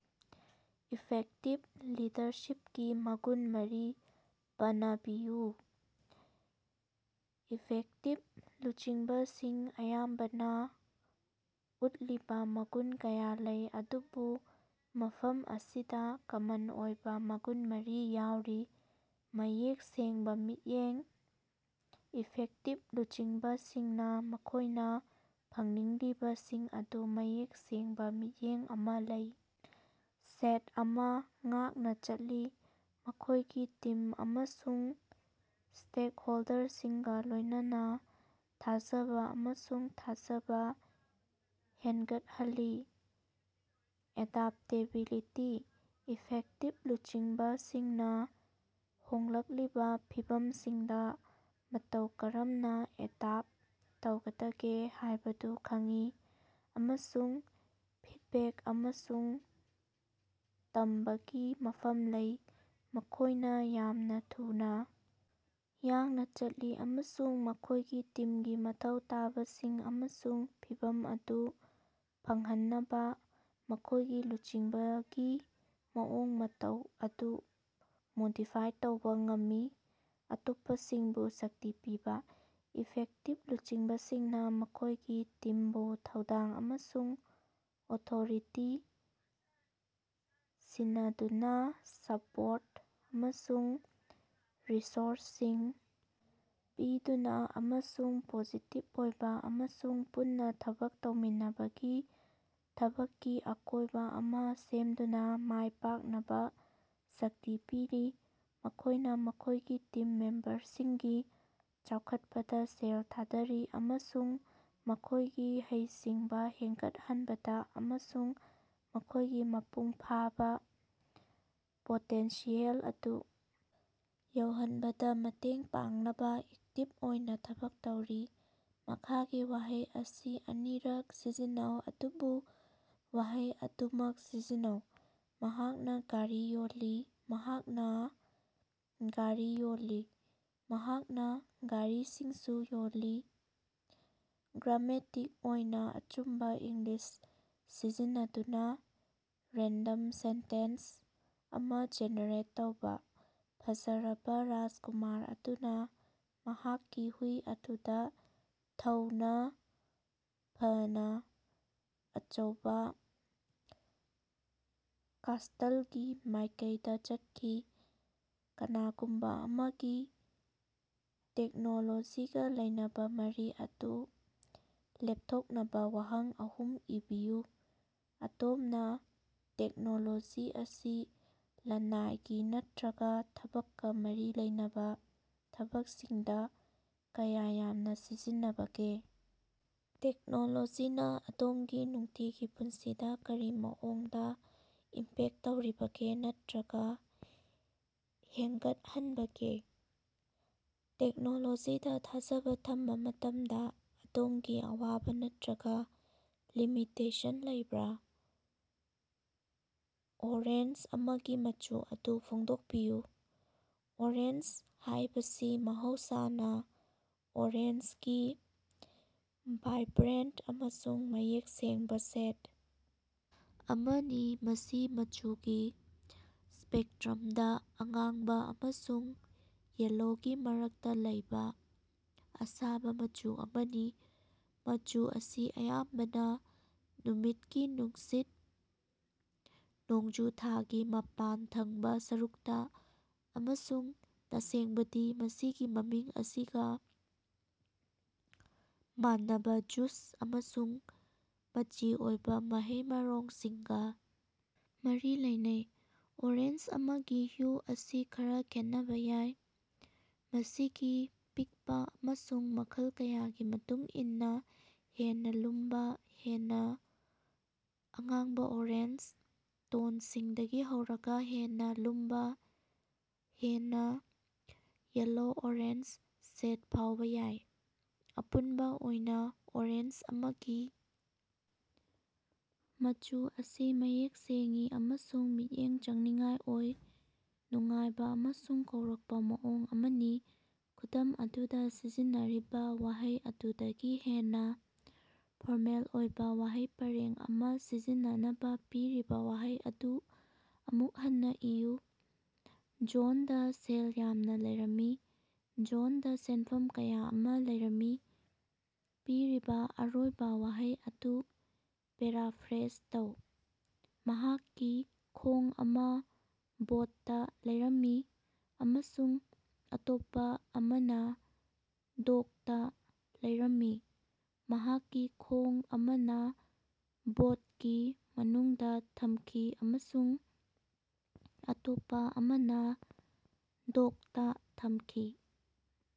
Effective ꯂꯤꯗꯔꯁꯤꯞꯀꯤ ꯃꯒꯨꯟ ꯃꯔꯤ ꯄꯅꯕꯤꯌꯨ꯫ Effective ꯂꯨꯆꯤꯡꯕꯁꯤꯡ ꯑꯌꯥꯝꯕꯅ ꯎꯠꯂꯤꯕ ꯃꯒꯨꯟ ꯀꯌꯥ ꯂꯩ, ꯑꯗꯨꯕꯨ ꯃꯐꯝ ꯑꯁꯤꯗ ꯀꯃꯟ ꯑꯣꯏꯕ ꯃꯒꯨꯟ ꯃꯔꯤ ꯌꯥꯎꯔꯤ: ꯃꯌꯦꯛ ꯁꯦꯡꯕ ꯃꯤꯠꯌꯦꯡ: ꯏꯐꯦꯛꯇꯤꯞ ꯂꯨꯆꯤꯡꯕꯁꯤꯡꯅ ꯃꯈꯣꯏꯅ ꯐꯪꯅꯤꯡꯂꯤꯕꯁꯤꯡ ꯑꯗꯨꯒꯤ ꯃꯌꯦꯛ ꯁꯦꯡꯕ ꯃꯤꯠꯌꯦꯡ ꯑꯃ ꯂꯩ, ꯁꯦꯠ ꯑꯃ ꯉꯥꯛꯅ ꯆꯠꯂꯤ, ꯃꯈꯣꯏꯒꯤ ꯇꯤꯝ ꯑꯃꯁꯨꯡ ꯁ꯭ꯇꯦꯛꯍꯣꯜꯗꯔꯁꯤꯡꯒ ꯂꯣꯏꯅꯅ ꯊꯥꯖꯕ ꯑꯃꯁꯨꯡ ꯊꯥꯖꯕ ꯍꯦꯟꯒꯠꯍꯜꯂꯤ꯫ ꯑꯦꯗꯥꯞꯇꯦꯕꯤꯂꯤꯇꯤ: ꯏꯐꯦꯛꯇꯤꯕ ꯂꯨꯆꯤꯡꯕꯁꯤꯡꯅ ꯍꯣꯡꯂꯛꯂꯤꯕ ꯐꯤꯚꯝꯁꯤꯡꯗ ꯃꯇꯧ ꯀꯔꯝꯅ ꯑꯦꯗꯥꯞ ꯇꯧꯒꯗꯒꯦ ꯍꯥꯏꯕꯗꯨ ꯈꯪꯏ ꯑꯃꯁꯨꯡ ꯐꯤꯗꯕꯦꯛ ꯑꯃꯁꯨꯡ ꯇꯝꯕꯒꯤ ꯃꯐꯝ ꯂꯩ꯫ ꯃꯈꯣꯏꯅ ꯌꯥꯝꯅ ꯊꯨꯅ ꯌꯥꯡꯅ ꯆꯠꯂꯤ ꯑꯃꯁꯨꯡ ꯃꯈꯣꯏꯒꯤ ꯇꯤꯝꯒꯤ ꯃꯊꯧ ꯇꯥꯕꯁꯤꯡ ꯑꯃꯁꯨꯡ ꯐꯤꯚꯝ ꯑꯗꯨ ꯐꯪꯍꯟꯅꯕ ꯃꯈꯣꯏꯒꯤ ꯂꯨꯆꯤꯡꯕꯒꯤ ꯃꯑꯣꯡ ꯃꯇꯧ ꯑꯗꯨ ꯃꯣꯗꯤꯐꯥꯏ ꯇꯧꯕ ꯉꯝꯃꯤ꯫ ꯑꯇꯣꯞꯄꯁꯤꯡꯕꯨ ꯁꯛꯇꯤ ꯄꯤꯕ: ꯏꯐꯦꯛꯇꯤꯞ ꯂꯨꯆꯤꯡꯕꯁꯤꯡꯅ ꯃꯈꯣꯏꯒꯤ ꯇꯤꯝꯕꯨ ꯊꯧꯗꯥꯡ ꯑꯃꯁꯨꯡ ꯑꯣꯊꯣꯔꯤꯇꯤ ꯁꯤꯟꯅꯗꯨꯅ, ꯁꯄꯣꯔꯠ ꯑꯃꯁꯨꯡ ꯔꯤꯁꯣꯔꯁꯁꯤꯡ ꯄꯤꯗꯨꯅ, ꯑꯃꯁꯨꯡ ꯄꯣꯖꯤꯇꯤꯞ ꯑꯣꯏꯕ ꯑꯃꯁꯨꯡ ꯄꯨꯟꯅ ꯊꯕꯛ ꯇꯧꯃꯤꯟꯅꯕꯒꯤ ꯊꯕꯛꯀꯤ ꯑꯀꯣꯏꯕ ꯑꯃ ꯁꯦꯝꯗꯨꯅ ꯃꯥꯏ ꯄꯥꯛꯅꯕ ꯁꯛꯇꯤ ꯄꯤꯔꯤ꯫ ꯃꯈꯣꯏꯅ ꯃꯈꯣꯏꯒꯤ ꯇꯤꯝ ꯃꯦꯝꯕꯔꯁꯤꯡꯒꯤ ꯆꯥꯎꯈꯠꯄꯗ ꯁꯦꯜ ꯊꯥꯗꯔꯤ ꯑꯃꯁꯨꯡ ꯃꯈꯣꯏꯒꯤ ꯍꯩꯁꯤꯡꯕ ꯍꯦꯟꯒꯠꯍꯟꯕꯗ ꯑꯃꯁꯨꯡ ꯃꯈꯣꯏꯒꯤ ꯃꯄꯨꯡ ꯐꯥꯕꯥ ꯄꯣꯇꯦꯟꯁꯤꯌꯦꯜ ꯑꯗꯨ ꯌꯧꯍꯟꯕꯗ ꯃꯇꯦꯡ ꯄꯥꯡꯅꯕ ꯑꯦꯛꯇꯤꯞ ꯑꯣꯏꯅ ꯊꯕꯛ ꯇꯧꯔꯤ꯫ ꯃꯈꯥꯒꯤ ꯋꯥꯍꯩ ꯑꯁꯤ ꯑꯅꯤꯔꯛ ꯁꯤꯖꯤꯟꯅꯧ ꯑꯗꯨꯕꯨ ꯋꯥꯍꯩ ꯑꯗꯨꯃꯛ ꯁꯤꯖꯤꯟꯅꯧ꯫ ꯃꯍꯥꯛꯅ ꯒꯥꯔꯤ ꯌꯣꯜꯂꯤ꯫ ꯃꯍꯥꯛꯅꯥ ꯒꯥꯔꯤ ꯌꯣꯜꯂꯤ꯫ ꯃꯍꯥꯛꯅ ꯒꯥꯔꯤꯁꯤꯡꯁꯨ ꯌꯣꯜꯂꯤ꯫ ꯒ꯭ꯔꯥꯃꯦꯇꯤꯛ ꯑꯣꯏꯅ ꯑꯆꯨꯝꯕꯥ ꯏꯪꯂꯤꯁ ꯁꯤꯖꯤꯟꯅꯗꯨꯅ ꯔꯦꯟꯗꯝ ꯁꯦꯟꯇꯦꯟꯁ ꯑꯃ ꯖꯦꯅꯦꯔꯦꯠ ꯇꯧꯕ꯫ ꯐꯖꯔꯕ ꯔꯥꯖꯀꯨꯃꯥꯔ ꯑꯗꯨꯅ ꯃꯍꯥꯛꯀꯤ ꯍꯨꯏ ꯑꯗꯨꯗ ꯊꯧꯅ ꯐꯅ ꯑꯆꯧꯕꯥ ꯀꯥꯁꯇꯜꯒꯤ ꯃꯥꯏꯀꯩꯗ ꯆꯠꯈꯤ꯫ ꯀꯅꯥꯒꯨꯝꯕ ꯑꯃꯒꯤ ꯇꯦꯛꯅꯣꯂꯣꯖꯤꯒ ꯂꯩꯅꯕ ꯃꯔꯤ ꯑꯗꯨ ꯂꯦꯞꯊꯣꯛꯅꯕ ꯋꯥꯍꯪ ꯑꯍꯨꯝ ꯏꯕꯤꯌꯨ꯫ ꯑꯗꯣꯝꯅꯥ ꯇꯦꯛꯅꯣꯂꯣꯖꯤ ꯑꯁꯤ ꯂꯅꯥꯏꯒꯤ ꯅꯠꯇꯔꯒꯥ ꯊꯕꯛꯀ ꯃꯔꯤ ꯂꯩꯅꯕ ꯊꯕꯛꯁꯤꯡꯗ ꯀꯌꯥ ꯌꯥꯝꯅ ꯁꯤꯖꯤꯟꯅꯕꯒꯦ? ꯇꯦꯛꯅꯣꯂꯣꯖꯤꯅ ꯑꯗꯣꯝꯒꯤ ꯅꯨꯡꯇꯤꯒꯤ ꯄꯨꯟꯁꯤꯗ ꯀꯔꯤ ꯃꯑꯣꯡꯗ ꯏꯝꯄꯦꯛ ꯇꯧꯔꯤꯕꯒꯦ ꯅꯠꯇꯔꯒ ꯍꯦꯡꯒꯠꯍꯟꯕꯒꯦ? ꯇꯦꯛꯅꯣꯂꯣꯖꯤꯗ ꯊꯥꯖꯕ ꯊꯝꯕ ꯃꯇꯝꯗ ꯑꯗꯣꯝꯒꯤ ꯑꯋꯥꯕ ꯅꯠꯇꯔꯒ ꯂꯤꯃꯤꯇꯦꯁꯟ ꯂꯩꯕꯔꯥ? ꯑꯣꯔꯦꯟꯖ ꯑꯃꯒꯤ ꯃꯆꯨ ꯑꯗꯨ ꯐꯣꯡꯗꯣꯛꯄꯤꯌꯨ꯫ ꯑꯣꯔꯦꯟꯖ ꯍꯥꯏꯕꯁꯤ ꯃꯍꯧꯁꯥꯅꯥ ꯑꯣꯔꯦꯟꯖꯒꯤ ꯕꯥꯏꯕ꯭ꯔꯦꯟꯠ ꯑꯃꯁꯨꯡ ꯃꯌꯦꯛ ꯁꯦꯡꯕ ꯁꯦꯗ ꯑꯃꯅꯤ, ꯃꯁꯤ ꯃꯆꯨꯒꯤ ꯁ꯭ꯄꯦꯛꯇ꯭ꯔꯝꯗ ꯑꯉꯥꯡꯕ ꯑꯃꯁꯨꯡ ꯌꯦꯜꯂꯣꯒꯤ ꯃꯔꯛꯇ ꯂꯩꯕ ꯑꯁꯥꯕ ꯃꯆꯨ ꯑꯃꯅꯤ꯫ ꯃꯆꯨ ꯑꯁꯤ ꯑꯌꯥꯝꯕꯅ ꯅꯨꯃꯤꯠꯀꯤ ꯅꯨꯡꯁꯤꯠ, ꯅꯣꯡꯖꯨ ꯊꯥꯒꯤ ꯃꯄꯥꯟ ꯊꯪꯕꯥ ꯁꯔꯨꯛꯇ, ꯑꯃꯁꯨꯡ ꯇꯁꯦꯡꯕꯗꯤ, ꯃꯁꯤꯒꯤ ꯃꯃꯤꯡ ꯑꯁꯤꯒ ꯃꯥꯟꯅꯕ ꯖꯨꯁ ꯑꯃꯁꯨꯡ ꯃꯆꯤ ꯑꯣꯏꯕ ꯃꯍꯩ-ꯃꯔꯣꯡꯁꯤꯡꯒ ꯃꯔꯤ ꯂꯩꯅꯩ꯫ ꯑꯣꯔꯦꯟꯖ ꯑꯃꯒꯤ ꯍ꯭ꯌꯨ ꯑꯁꯤ ꯈꯔ ꯈꯦꯠꯅꯕ ꯌꯥꯏ, ꯃꯁꯤꯒꯤ ꯄꯤꯛꯄ ꯑꯃꯁꯨꯡ ꯃꯈꯜ ꯀꯌꯥꯒꯤ ꯃꯇꯨꯡ ꯏꯟꯅ ꯍꯦꯟꯅ ꯂꯨꯝꯕ, ꯍꯦꯟꯅ ꯑꯉꯥꯡꯕ-ꯑꯣꯔꯦꯟꯖ ꯇꯣꯟꯁꯤꯡꯗꯒꯤ ꯍꯧꯔꯒ ꯍꯦꯟꯅ ꯂꯨꯝꯕ, ꯍꯦꯟꯅ ꯌꯦꯜꯂꯣ-ꯑꯣꯔꯦꯟꯖ ꯁꯦꯗ ꯐꯥꯎꯕ ꯌꯥꯏ꯫ ꯑꯄꯨꯟꯕ ꯑꯣꯏꯅ ꯑꯣꯔꯦꯟꯖ ꯑꯃꯒꯤ ꯃꯆꯨ ꯑꯁꯤ ꯃꯌꯦꯛ ꯁꯦꯡꯏ ꯑꯃꯁꯨꯡ ꯃꯤꯠꯌꯦꯡ ꯆꯪꯅꯤꯡꯉꯥꯏ ꯑꯣꯏ, ꯅꯨꯡꯉꯥꯏꯕ ꯑꯃꯁꯨꯡ ꯀꯧꯔꯛꯄ ꯃꯑꯣꯡ ꯑꯃꯅꯤ꯫ ꯈꯨꯗꯝ ꯑꯗꯨꯗ ꯁꯤꯖꯤꯟꯅꯔꯤꯕ ꯋꯥꯍꯩ ꯑꯗꯨꯗꯒꯤ ꯍꯦꯟꯅ ꯐꯣꯔꯃꯦꯜ ꯑꯣꯏꯕ ꯋꯥꯍꯩ ꯄꯔꯦꯡ ꯑꯃ ꯁꯤꯖꯤꯟꯅꯅꯕ ꯄꯤꯔꯤꯕ ꯋꯥꯍꯩ ꯑꯗꯨ ꯑꯃꯨꯛ ꯍꯟꯅ ꯏꯌꯨ꯫ ꯖꯣꯟꯗ ꯁꯦꯜ ꯌꯥꯝꯅ ꯂꯩꯔꯝꯃꯤ꯫ ꯖꯣꯟꯗ ꯁꯦꯅꯐꯝ ꯀꯌꯥ ꯑꯃ ꯂꯩꯔꯝꯃꯤ꯫ ꯄꯤꯔꯤꯕꯥ ꯑꯔꯣꯏꯕ ꯋꯥꯍꯩ ꯑꯗꯨ ꯄꯦꯔꯥꯐ꯭ꯔꯦꯖ ꯇꯧ꯫ ꯃꯍꯥꯛꯀꯤ ꯈꯣꯡ ꯑꯃ ꯕꯣꯠꯇ ꯂꯩꯔꯝꯃꯤ ꯑꯃꯁꯨꯡ ꯑꯇꯣꯞꯄꯥ ꯑꯃꯅꯥ ꯗꯣꯛꯇ ꯂꯩꯔꯝꯃꯤ꯫ ꯃꯍꯥꯛꯀꯤ ꯈꯣꯡ ꯑꯃꯅꯥ ꯕꯣꯠꯀꯤ ꯃꯅꯨꯡꯗ ꯊꯝꯈꯤ ꯑꯃꯁꯨꯡ ꯑꯇꯣꯞꯄ ꯑꯃꯅꯥ ꯗꯣꯛꯇꯥ ꯊꯝꯈꯤ꯫